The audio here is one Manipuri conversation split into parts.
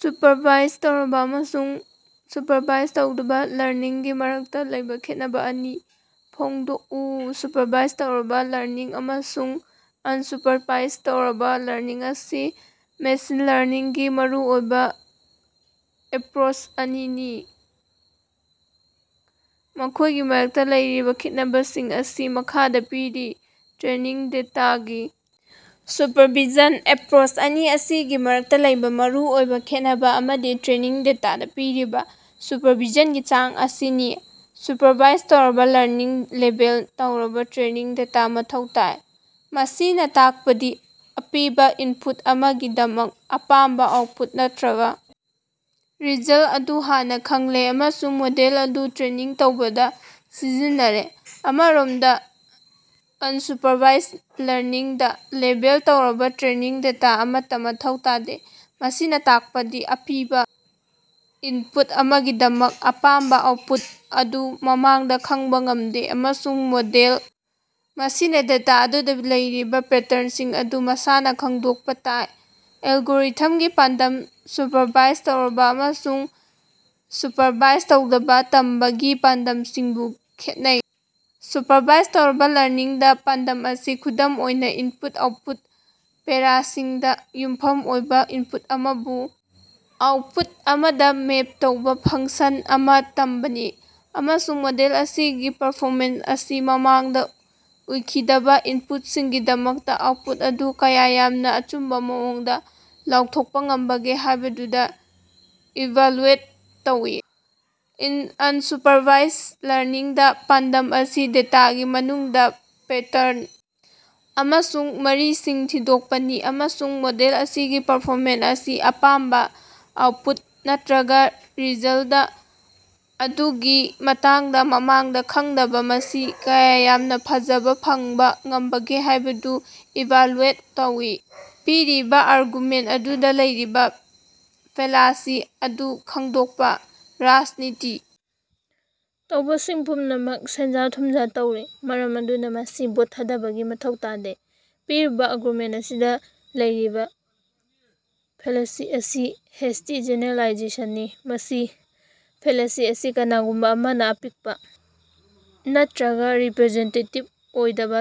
ꯁꯨꯄꯔꯚꯥꯏꯖ ꯇꯧꯔꯕ ꯑꯃꯁꯨꯡ ꯁꯨꯄꯔꯚꯥꯏꯖ ꯇꯧꯗꯕ ꯂꯔꯅꯤꯡꯒꯤ ꯃꯔꯛꯇ ꯂꯩꯕ ꯈꯦꯠꯅꯕ ꯑꯅꯤ ꯐꯣꯡꯗꯣꯛꯎ꯫ ꯁꯨꯄꯔꯚꯥꯏꯖ ꯇꯧꯔꯕ ꯂꯔꯅꯤꯡ ꯑꯃꯁꯨꯡ ꯑꯟꯁꯨꯄꯔꯚꯥꯏꯖ ꯇꯧꯔꯕ ꯂꯔꯅꯤꯡ ꯑꯁꯤ ꯃꯦꯁꯤꯟ ꯂꯔꯅꯤꯡꯒꯤ ꯃꯔꯨꯑꯣꯏꯕ ꯑꯦꯞꯔꯣꯆ ꯑꯅꯤꯅꯤ꯫ ꯃꯈꯣꯏꯒꯤ ꯃꯔꯛꯇ ꯂꯩꯔꯤꯕ ꯈꯦꯠꯅꯕꯁꯤꯡ ꯑꯁꯤ ꯃꯈꯥꯗ ꯄꯤꯔꯤ- ꯇ꯭ꯔꯦꯅꯤꯡ ꯗꯦꯇꯥꯒꯤ ꯁꯨꯄꯔꯚꯤꯖꯟ - ꯑꯦꯄꯔꯣꯆ ꯑꯅꯤ ꯑꯁꯤꯒꯤ ꯃꯔꯛꯇ ꯂꯩꯕ ꯃꯔꯨꯑꯣꯏꯕ ꯈꯦꯠꯅꯕ ꯑꯃꯗꯤ ꯇ꯭ꯔꯦꯅꯤꯡ ꯗꯦꯇꯥꯗ ꯄꯤꯔꯤꯕ ꯁꯨꯄꯔꯚꯤꯖꯟꯒꯤ ꯆꯥꯡ ꯑꯁꯤꯅꯤ꯫ ꯁꯨꯄꯔꯚꯥꯏꯖ ꯇꯧꯔꯕ ꯂꯔꯅꯤꯡꯗ ꯂꯦꯕꯦꯜ ꯇꯧꯔꯕ ꯇ꯭ꯔꯦꯅꯤꯡ ꯗꯦꯇꯥ ꯃꯊꯧ ꯇꯥꯏ, ꯃꯁꯤꯅ ꯇꯥꯛꯄꯗꯤ ꯑꯄꯤꯕ ꯏꯟꯄꯨꯠ ꯑꯃꯒꯤꯗꯃꯛ ꯑꯄꯥꯝꯕ ꯑꯥꯎꯠꯄꯨꯠ ꯅꯠꯇꯔꯒ ꯔꯤꯖꯜꯇ ꯑꯗꯨ ꯍꯥꯟꯅꯅ ꯈꯪꯂꯦ ꯑꯃꯁꯨꯡ ꯃꯣꯗꯦꯜ ꯑꯗꯨ ꯇ꯭ꯔꯦꯅꯤꯡ ꯇꯧꯕꯗ ꯁꯤꯖꯤꯟꯅꯔꯦ꯫ ꯑꯃꯔꯣꯝꯗ, ꯑꯟꯁꯨꯄꯔꯚꯥꯏꯖ ꯂꯔꯅꯤꯡꯗ ꯂꯦꯕꯦꯜ ꯇꯧꯔꯕ ꯇ꯭ꯔꯦꯅꯤꯡ ꯗꯦꯇꯥ ꯑꯃꯠꯇ ꯃꯊꯧ ꯇꯥꯗꯦ, ꯃꯁꯤꯅ ꯇꯥꯛꯄꯗꯤ ꯑꯄꯤꯕ‌ ꯏꯟꯄꯨꯠ ꯑꯃꯒꯤꯗꯃꯛ ꯑꯄꯥꯝꯕ ꯑꯥꯎꯠꯄꯨꯠ ꯑꯗꯨ ꯃꯃꯥꯡꯗ ꯈꯪꯕ ꯉꯝꯗꯦ, ꯑꯃꯁꯨꯡ ꯃꯣꯗꯦꯜ ꯃꯁꯤꯅ ꯗꯦꯇꯥ ꯑꯗꯨꯗ ꯂꯩꯔꯤꯕ ꯄꯦꯇ꯭ꯔꯟꯁꯤꯡ ꯑꯗꯨ ꯃꯁꯥꯅ ꯈꯪꯗꯣꯛꯄ ꯇꯥꯏ꯫ ꯑꯦꯜꯒꯣꯔꯤꯊꯝꯒꯤ ꯄꯥꯟꯗꯝ - ꯁꯨꯄꯔꯚꯥꯏꯖ ꯇꯧꯔꯕ ꯑꯃꯁꯨꯡ ꯁꯨꯄꯔꯚꯥꯏꯖ ꯇꯧꯗꯕ ꯇꯝꯕꯒꯤ ꯄꯥꯟꯗꯝꯁꯤꯡꯁꯨ ꯈꯦꯠꯅꯩ꯫ ꯁꯨꯄꯔꯚꯥꯏꯖ ꯇꯧꯔꯕ ꯂꯔꯅꯤꯡꯗ, ꯄꯥꯟꯗꯝ ꯑꯁꯤ ꯈꯨꯗꯝ ꯑꯣꯏꯅ ꯏꯟꯄꯨꯠ-ꯑꯥꯎꯠꯄꯨꯠ ꯄꯦꯔꯥꯁꯤꯡꯗ ꯌꯨꯝꯐꯝ ꯑꯣꯏꯕ ꯏꯟꯄꯨꯠ ꯑꯃꯕꯨ ꯑꯥꯎꯠꯄꯨꯠ ꯑꯃꯗ ꯃꯦꯞ ꯇꯧꯕ ꯐꯪꯁꯟ ꯑꯃ ꯇꯝꯕꯅꯤ, ꯑꯃꯁꯨꯡ ꯃꯣꯗꯦꯜ ꯑꯁꯤꯒꯤ ꯄꯔꯐꯣꯃꯦꯟꯁ ꯑꯁꯤ ꯃꯃꯥꯡꯗ ꯎꯈꯤꯗꯕ ꯏꯟꯄꯨꯠꯁꯤꯡꯒꯤꯗꯃꯛꯇ ꯑꯥꯎꯠꯄꯨꯠ ꯑꯗꯨ ꯀꯌꯥ ꯌꯥꯝꯅ ꯑꯆꯨꯝꯕ ꯃꯑꯣꯡꯗ ꯂꯥꯎꯊꯣꯛꯄ ꯉꯝꯕꯒꯦ ꯍꯥꯏꯕꯗꯨꯗ ꯏꯚꯥꯂꯨꯑꯦꯠ ꯇꯧꯏ꯫ ꯑꯟꯁꯨꯄꯔꯚꯥꯏꯖ ꯂꯔꯅꯤꯡꯗ, ꯄꯥꯟꯗꯝ ꯑꯁꯤ ꯗꯦꯇꯥꯒꯤ ꯃꯅꯨꯡꯗ ꯄꯦꯇ꯭ꯔꯟ ꯑꯃꯁꯨꯡ ꯃꯔꯤꯁꯤꯡ ꯊꯤꯗꯣꯛꯄꯅꯤ, ꯑꯃꯁꯨꯡ ꯃꯣꯗꯦꯜ ꯑꯁꯤꯒꯤ ꯄꯔꯐꯣꯃꯦꯟꯁ ꯑꯁꯤ ꯑꯄꯥꯝꯕ ꯑꯥꯎꯠꯄꯨꯠ ꯅꯠꯇꯔꯒ ꯔꯤꯖꯜꯇ ꯑꯗꯨꯒꯤ ꯃꯇꯥꯡꯗ ꯃꯃꯥꯡꯗ ꯈꯪꯗꯅ ꯃꯁꯤ ꯀꯌꯥ ꯌꯥꯝꯅ ꯐꯖꯅ ꯐꯪꯕ ꯉꯝꯕꯒꯦ ꯍꯥꯏꯕꯗꯨ ꯏꯚꯥꯂꯨꯑꯦꯠ ꯇꯧꯏ꯫ ꯄꯤꯔꯤꯕ ꯑꯥꯔꯒꯨꯃꯦꯟꯇ ꯑꯗꯨꯗ ꯂꯩꯔꯤꯕ ꯐꯦꯂꯥꯁꯤ ꯑꯗꯨ ꯈꯪꯗꯣꯛꯄ꯫ ꯔꯥꯖꯅꯤꯇꯤ ꯇꯧꯕꯁꯤꯡ ꯄꯨꯝꯅꯃꯛ ꯁꯦꯟꯖ-ꯊꯨꯝꯖ ꯇꯧꯔꯤ, ꯃꯔꯝ ꯑꯗꯨꯅ ꯃꯁꯤ ꯚꯣꯠ ꯊꯥꯗꯕꯒꯤ ꯃꯊꯧ ꯇꯥꯗꯦ꯫ ꯄꯤꯔꯤꯕ ꯑꯥꯔꯒꯨꯃꯦꯟꯇ ꯑꯁꯤꯗ ꯂꯩꯔꯤꯕ ꯐꯦꯂꯥꯁꯤ ꯑꯁꯤ ꯍꯦꯁꯇꯤ ꯖꯦꯅꯦꯔꯦꯂꯥꯏꯖꯦꯁꯟꯅꯤ꯫ ꯃꯁꯤꯒꯤ ꯐꯦꯂꯥꯁꯤ ꯑꯁꯤ ꯀꯅꯥꯒꯨꯝꯕ ꯑꯃꯅ ꯑꯄꯤꯛꯄ ꯅꯠꯇꯔꯒ ꯔꯤꯄꯔꯖꯦꯟꯇꯦꯇꯤꯕ ꯑꯣꯏꯗꯕ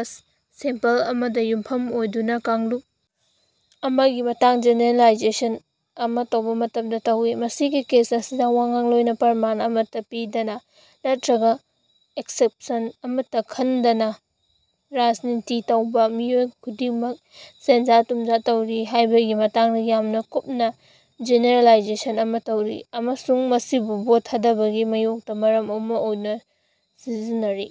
ꯁꯦꯝꯄꯜ ꯑꯃꯗ ꯌꯨꯝꯐꯝ ꯑꯣꯏꯗꯨꯅ ꯀꯥꯡꯂꯨꯞ ꯑꯃꯒꯤ ꯃꯇꯥꯡꯗ ꯖꯦꯅꯦꯔꯦꯂꯥꯏꯖꯦꯁꯟ ꯑꯃ ꯇꯧꯕ ꯃꯇꯝꯗ ꯇꯧꯏ꯫ ꯃꯁꯤꯒꯤ ꯀꯦꯁ ꯑꯁꯤꯗ ꯋꯥꯉꯥꯡꯂꯣꯏꯅ ꯄ꯭ꯔꯃꯥꯟ ꯑꯃꯠꯇ ꯄꯤꯗꯅ ꯅꯠꯇꯔꯒ ꯑꯦꯛꯁꯦꯞꯁꯟ ꯑꯃꯠꯇ ꯈꯟꯅꯗꯅ ꯔꯥꯖꯅꯤꯇꯤ ꯇꯧꯕ ꯃꯤꯑꯣꯏ ꯈꯨꯗꯤꯡꯃꯛ ꯁꯦꯟꯖ-ꯊꯨꯝꯖ ꯇꯧꯔꯤ ꯍꯥꯏꯕꯒꯤ ꯃꯇꯥꯡꯗ ꯌꯥꯝꯅ ꯀꯨꯞꯅ ꯖꯦꯅꯦꯔꯦꯂꯥꯏꯖꯦꯁꯟ ꯑꯃ ꯇꯧꯔꯤ, ꯑꯃꯁꯨꯡ ꯃꯁꯤꯕꯨ ꯚꯣꯠ ꯊꯥꯗꯕꯒꯤ ꯃꯥꯌꯣꯛꯇ ꯃꯔꯝ ꯑꯃ ꯑꯣꯏꯅ ꯁꯤꯖꯤꯟꯅꯔꯤ꯫